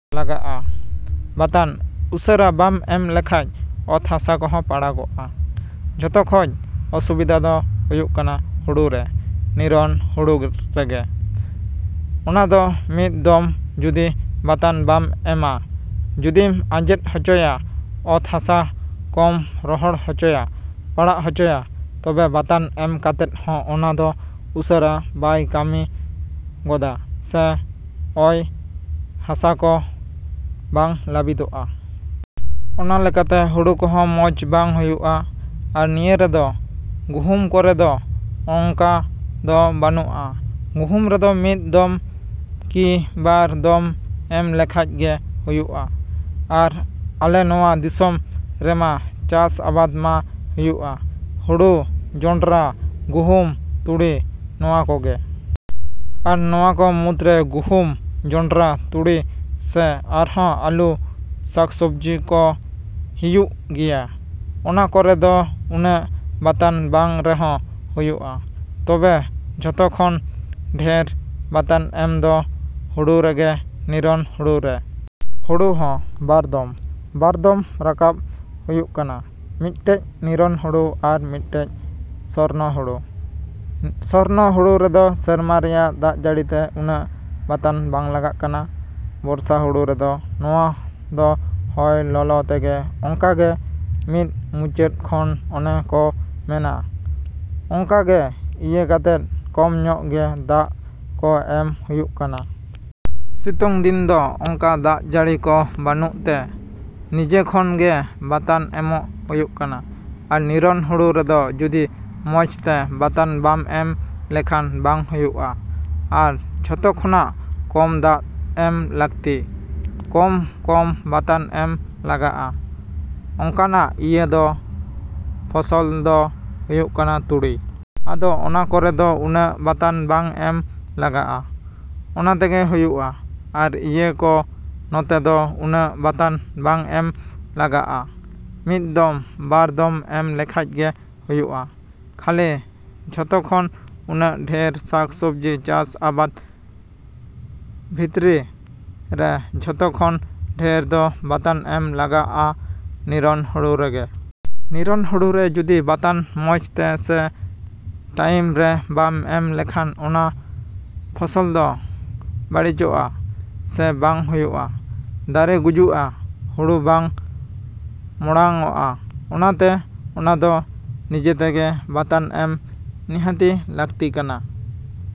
ᱞᱟᱜᱟᱜᱼᱟ᱾ ᱵᱟᱛᱟᱱ ᱩᱥᱟᱹᱨᱟ ᱵᱟᱢ ᱮᱢ ᱞᱮᱠᱷᱟᱡ ᱚᱛ ᱦᱟᱥᱟ ᱠᱚᱦᱚᱸ ᱯᱟᱲᱟᱜᱚᱜᱼᱟ᱾ ᱡᱚᱛᱚ ᱠᱷᱚᱡ ᱚᱥᱩᱵᱤᱫᱷᱟ ᱫᱚ ᱦᱩᱭᱩᱜᱼᱟ ᱦᱩᱲᱩᱨᱮ, ᱱᱤᱨᱚᱱ ᱦᱩᱲᱩ ᱨᱮᱜᱮ᱾ ᱚᱱᱟᱫᱚ ᱢᱤᱫ ᱫᱚᱢ ᱡᱩᱫᱤ ᱵᱟᱛᱟᱱ ᱵᱟᱢ ᱮᱢᱟ, ᱡᱩᱫᱤᱢ ᱟᱸᱡᱮᱫ ᱦᱚᱪᱚᱭᱟ, ᱚᱛ ᱦᱟᱥᱟ ᱠᱚᱢ ᱨᱚᱦᱚᱲ ᱦᱚᱪᱚᱭᱟ, ᱯᱟᱲᱟᱜ ᱦᱚᱪᱚᱭᱟ, ᱛᱚᱵᱮ ᱵᱟᱛᱟᱱ ᱮᱢ ᱠᱟᱛᱮᱫ ᱦᱚᱸ ᱚᱱᱟᱫᱚ ᱩᱥᱟᱹᱨᱟ ᱵᱟᱭ ᱠᱟᱹᱢᱤ ᱜᱚᱫᱟ ᱥᱮ ᱚᱭ ᱦᱟᱥᱟ ᱠᱚ ᱵᱟᱝ ᱞᱟᱹᱵᱤᱫᱚᱜ-ᱟ ᱾ ᱚᱱᱟ ᱞᱮᱠᱟᱛᱮ ᱦᱩᱲᱩ ᱠᱚᱦᱚᱸ ᱢᱚᱡᱽ ᱵᱟᱝ ᱦᱩᱭᱩᱜᱼᱟ᱾ ᱟᱨ ᱤᱭᱟᱹ ᱨᱮᱫᱚ, ᱜᱩᱦᱩᱢ ᱠᱚᱨᱮᱫᱚ ᱚᱱᱠᱟ ᱫᱚ ᱵᱟᱹᱱᱩᱜᱼᱟ᱾ ᱜᱩᱦᱩᱢ ᱨᱮᱫᱚ ᱢᱤᱫ ᱫᱚᱢ ᱠᱤ ᱵᱟᱨ ᱫᱚᱢ ᱮᱢ ᱞᱮᱠᱷᱟᱡ ᱜᱮ ᱦᱩᱭᱩᱜᱼᱟ᱾ ᱟᱨ ᱟᱞᱮ ᱱᱚᱣᱟ ᱫᱤᱥᱚᱢ ᱨᱮᱢᱟ ᱪᱟᱥ ᱟᱵᱟᱫ ᱢᱟ ᱦᱩᱭᱩᱜᱼᱟ, ᱦᱩᱲᱩ, ᱡᱚᱱᱰᱨᱟ, ᱜᱩᱦᱩᱢ, ᱛᱩᱲᱤ ᱱᱚᱣᱟ ᱠᱚᱜᱮ᱾ ᱟᱨ ᱱᱚᱣᱟ ᱠᱚ ᱢᱩᱫᱽᱨᱮ ᱜᱩᱦᱩᱢ, ᱡᱚᱱᱰᱨᱟ, ᱛᱩᱲᱤ ᱥᱮ ᱟᱨᱦᱚᱸ ᱟᱹᱞᱩ, ᱥᱟᱠᱼᱥᱚᱵᱽᱡᱤ ᱠᱚ ᱦᱤᱭᱩᱜ ᱜᱮᱭᱟ᱾ ᱚᱱᱟ ᱠᱚᱨᱮ ᱫᱚ ᱩᱱᱟᱹᱜ ᱵᱟᱛᱟᱱ ᱵᱟᱝ ᱨᱮᱦᱚᱸ ᱦᱩᱭᱩᱜᱼᱟ᱾ ᱛᱚᱵᱮ ᱡᱚᱛᱚ ᱠᱷᱚᱱ ᱰᱷᱮᱨ ᱵᱟᱛᱟᱱ ᱮᱢ ᱫᱚ ᱦᱩᱲᱩ ᱨᱮᱜᱮ, ᱱᱤᱨᱚᱱ ᱦᱩᱲᱩ ᱨᱮ᱾ ᱦᱩᱲᱩ ᱦᱚᱸ ᱵᱟᱨ ᱫᱚᱢ, ᱵᱟᱨ ᱫᱚᱢ ᱨᱟᱠᱟᱵᱽ ᱦᱩᱭᱩᱜ ᱠᱟᱱᱟ᱾ ᱢᱤᱫᱴᱮᱡ ᱱᱤᱨᱚᱱ ᱦᱩᱲᱩ ᱟᱨ ᱢᱤᱫᱴᱮᱡ ᱥᱚᱨᱱᱚ ᱦᱩᱲᱩ᱾ ᱥᱚᱨᱱᱚ ᱦᱩᱲᱩ ᱨᱮᱫᱚ ᱥᱮᱨᱢᱟ ᱨᱮᱭᱟᱜ ᱫᱟᱜ ᱡᱟᱹᱲᱤᱛᱮ ᱩᱱᱟᱹᱜ ᱵᱟᱛᱟᱱ ᱵᱟᱝ ᱞᱟᱜᱟᱜ ᱠᱟᱱᱟ᱾ ᱵᱚᱨᱥᱟ ᱦᱩᱲᱩ ᱨᱮᱫᱚ ᱱᱚᱣᱟ ᱫᱚ ᱦᱚᱭ ᱞᱚᱞᱚ ᱛᱮᱜᱮ ᱚᱱᱠᱟ ᱜᱮ ᱢᱤᱫ ᱢᱩᱪᱟᱹᱫ ᱠᱷᱚᱱ ᱚᱱᱮ ᱠᱚ ᱢᱮᱱᱟ, ᱚᱱᱠᱟ ᱜᱮ ᱤᱭᱟᱹ ᱠᱟᱛᱮᱫ ᱠᱚᱢ ᱧᱚᱜ ᱜᱮ ᱫᱟᱜ ᱠᱚ ᱮᱢ ᱦᱩᱭᱩᱜ ᱠᱟᱱᱟ᱾ ᱥᱤᱛᱩᱝ ᱫᱤᱱ ᱫᱚ ᱚᱱᱠᱟ ᱫᱟᱜ ᱡᱟᱹᱲᱤ ᱠᱚ ᱵᱟᱹᱱᱩᱜ ᱛᱮ, ᱱᱤᱡᱮ ᱠᱷᱚᱱ ᱜᱮ ᱵᱟᱛᱟᱱ ᱮᱢᱚᱜ ᱦᱩᱭᱩᱜ ᱠᱟᱱᱟ᱾ ᱟᱨ ᱱᱤᱨᱚᱱ ᱦᱩᱲᱩ ᱨᱮ ᱡᱩᱫᱤ ᱢᱚᱡᱽ ᱛᱮ ᱵᱟᱛᱟᱱ ᱵᱟᱝ ᱮᱢ ᱞᱮᱠᱷᱟᱱ ᱵᱟᱝ ᱦᱩᱭᱩᱜᱼᱟ᱾ ᱟᱨ ᱡᱚᱛᱚ ᱠᱷᱚᱱᱟᱜ ᱠᱚᱢ ᱫᱟᱜ ᱮᱢ ᱞᱟᱹᱠᱛᱤ, ᱠᱚᱢ ᱠᱚᱢ ᱵᱟᱛᱟᱱ ᱮᱢ ᱞᱟᱜᱟᱜᱼᱟ ᱚᱱᱠᱟᱱᱟᱜ ᱤᱭᱟᱹ ᱫᱚ ᱯᱷᱚᱥᱚᱞ ᱫᱚ ᱦᱩᱭᱩᱜ ᱠᱟᱱᱟ ᱛᱩᱲᱤ᱾ ᱟᱫᱚ ᱚᱱᱟ ᱠᱚᱨᱮ ᱫᱚ ᱩᱱᱟᱹᱜ ᱵᱟᱛᱟᱱ ᱵᱟᱝ ᱮᱢ ᱞᱟᱜᱟᱜᱼᱟ᱾ ᱚᱱᱠᱟ ᱛᱮᱜᱮ ᱦᱩᱭᱩᱜᱼᱟ᱾ ᱟᱨ ᱱᱤᱭᱟᱹ ᱠᱚ ᱱᱚᱛᱮ ᱫᱚ ᱩᱱᱟᱹᱜ ᱵᱟᱛᱟᱱ ᱵᱟᱝ ᱮᱢ ᱞᱟᱜᱟᱜᱼᱟ, ᱢᱤᱫ ᱫᱚᱢ, ᱵᱟᱨ ᱫᱚᱢ ᱮᱢ ᱞᱮᱠᱷᱟᱡ ᱜᱮ ᱦᱩᱭᱩᱜᱼᱟ᱾ ᱠᱷᱟᱹᱞᱤ ᱡᱚᱛᱚ ᱠᱷᱚᱱ ᱩᱱᱟᱹᱜ ᱰᱷᱮᱨ ᱥᱟᱠᱼᱥᱚᱵᱽᱡᱤ ᱪᱟᱥ ᱟᱵᱟᱫ ᱵᱷᱤᱛᱨᱤ ᱨᱮ ᱡᱚᱛᱚ ᱠᱷᱚᱱ ᱰᱷᱮᱨ ᱫᱚ ᱵᱟᱛᱟᱱ ᱮᱢ ᱞᱟᱜᱟᱜᱼᱟ ᱱᱤᱨᱚᱱ ᱦᱩᱲᱩ ᱨᱮᱜᱮ᱾ ᱱᱤᱨᱚᱱ ᱦᱩᱲᱩ ᱨᱮ ᱡᱩᱫᱤ ᱵᱟᱛᱟᱱ ᱢᱚᱡᱽ ᱛᱮ ᱥᱮ ᱴᱟᱭᱤᱢ ᱨᱮ ᱵᱟᱝ ᱮᱢ ᱞᱮᱠᱷᱟᱱ, ᱚᱱᱟ ᱯᱷᱚᱥᱚᱞ ᱫᱚ ᱵᱟᱹᱲᱤᱡᱚᱜ-ᱟ, ᱥᱮ ᱵᱟᱝ ᱦᱩᱭᱩᱜᱼᱟ, ᱫᱟᱨᱮ ᱜᱩᱡᱩᱜᱼᱟ, ᱦᱩᱲᱩ ᱵᱟᱝ ᱢᱚᱲᱟᱜᱼᱟ᱾ ᱚᱱᱟᱛᱮ ᱚᱱᱟᱫᱚ ᱱᱤᱡᱮ ᱛᱮᱜᱮ ᱵᱟᱛᱟᱱ ᱮᱢ ᱱᱤᱦᱟᱹᱛᱤ ᱞᱟᱹᱠᱛᱤ ᱠᱟᱱᱟ